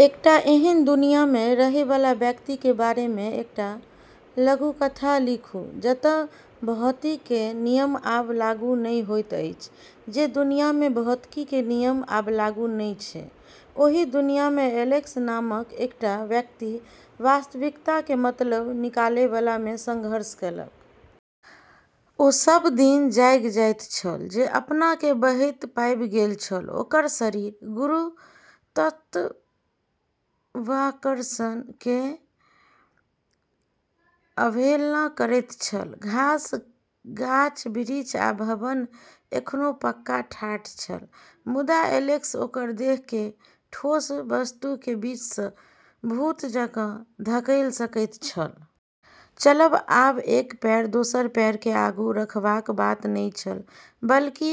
एकटा एहन दुनिया मे रहय वाला व्यक्ति के बारे मे एकटा लघुकथा लिखू जतय भौतिकी के नियम आब लागू नहि होइत अछि। जे दुनिया मे भौतिकी के नियम आब लागू नहि छै, ओहि दुनिया मे एलेक्स नामक एकटा व्यक्ति वास्तविकता के मतलब निकालबा मे संघर्ष केलक। ओ सभ दिन जागि जाइत छल जे अपना के बहैत पाबि गेल छल, ओकर शरीर गुरुत्वाकर्षण के अवहेलना करैत छल। घास, गाछ-बिरिछ आ भवन एखनो पक्का ठाढ़ छल, मुदा एलेक्स ओकर देह के ठोस वस्तु के बीच सँ भूत जकाँ धकेलि सकैत छल। चलब आब एक पैर दोसर पैर के आगू रखबाक बात नहि छल, बल्कि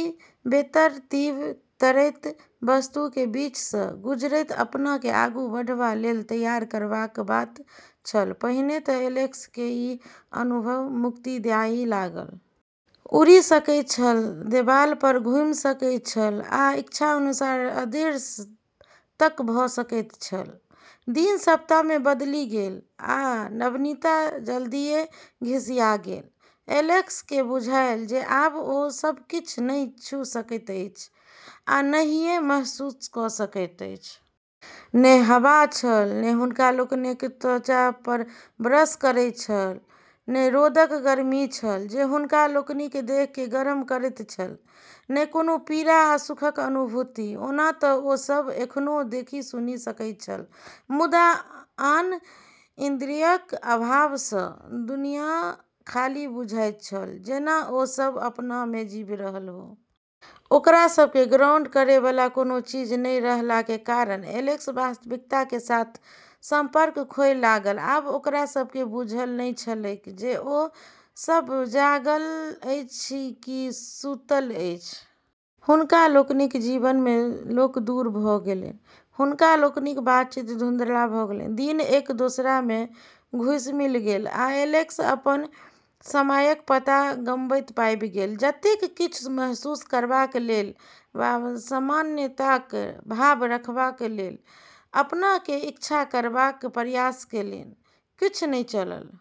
बेतरतीब तैरैत वस्तु के बीच सँ गुजरैत अपना के आगू बढ़बा लेल तैयार करबाक बात छल। पहिने त एलेक्स के ई अनुभव मुक्तिदायी लागल। उड़ि सकैत छल, देवाल पर घुमि सकैत छल, आ इच्छानुसार अदृश्य तक भ सकैत छल। दिन सप्ताह मे बदलि गेल, आ नवीनता जल्दिये घिसिया गेल। एलेक्स के बुझायल जे आब ओ सब किछु नहि छू सकैत अछि आ नहिये महसूस क सकैत अछि। ने हवा छल जे हुनका लोकनिक त्वचा पर ब्रश करैत छल, ने रौदक गर्मी छल जे हुनका लोकनिक देह के गरम करैत छल, ने कोनो पीड़ा वा सुखक अनुभूति। ओना त ओ सभ एखनो देखि-सुनि सकैत छल, मुदा आन इन्द्रियक अभाव सँ दुनिया खाली बुझाइत छल, जेना ओ सभ सपना मे जीबि रहल हो। ओकरा सब के ग्राउंड करै वाला कोनो चीज नहि रहला के कारण एलेक्स वास्तविकता के साथ संपर्क खोय लागल। आब ओकरा सब के बुझल नहि छलैक जे ओ सभ जागल अछि कि सुतल अछि। हुनका लोकनिक जीवन मे लोक दूर भ गेलनि, हुनका लोकनिक बातचीत धुंधला भ गेलनि। दिन एक दोसरा मे घुलि-मिलि गेल, आ एलेक्स अपना के समयक पता गमबैत पाबि गेल। जतेक किछु महसूस करबाक लेल वा सामान्यताक भाव रखबा लेल अपना के इच्छा करबाक प्रयास केलनि, किछु नहि चलल।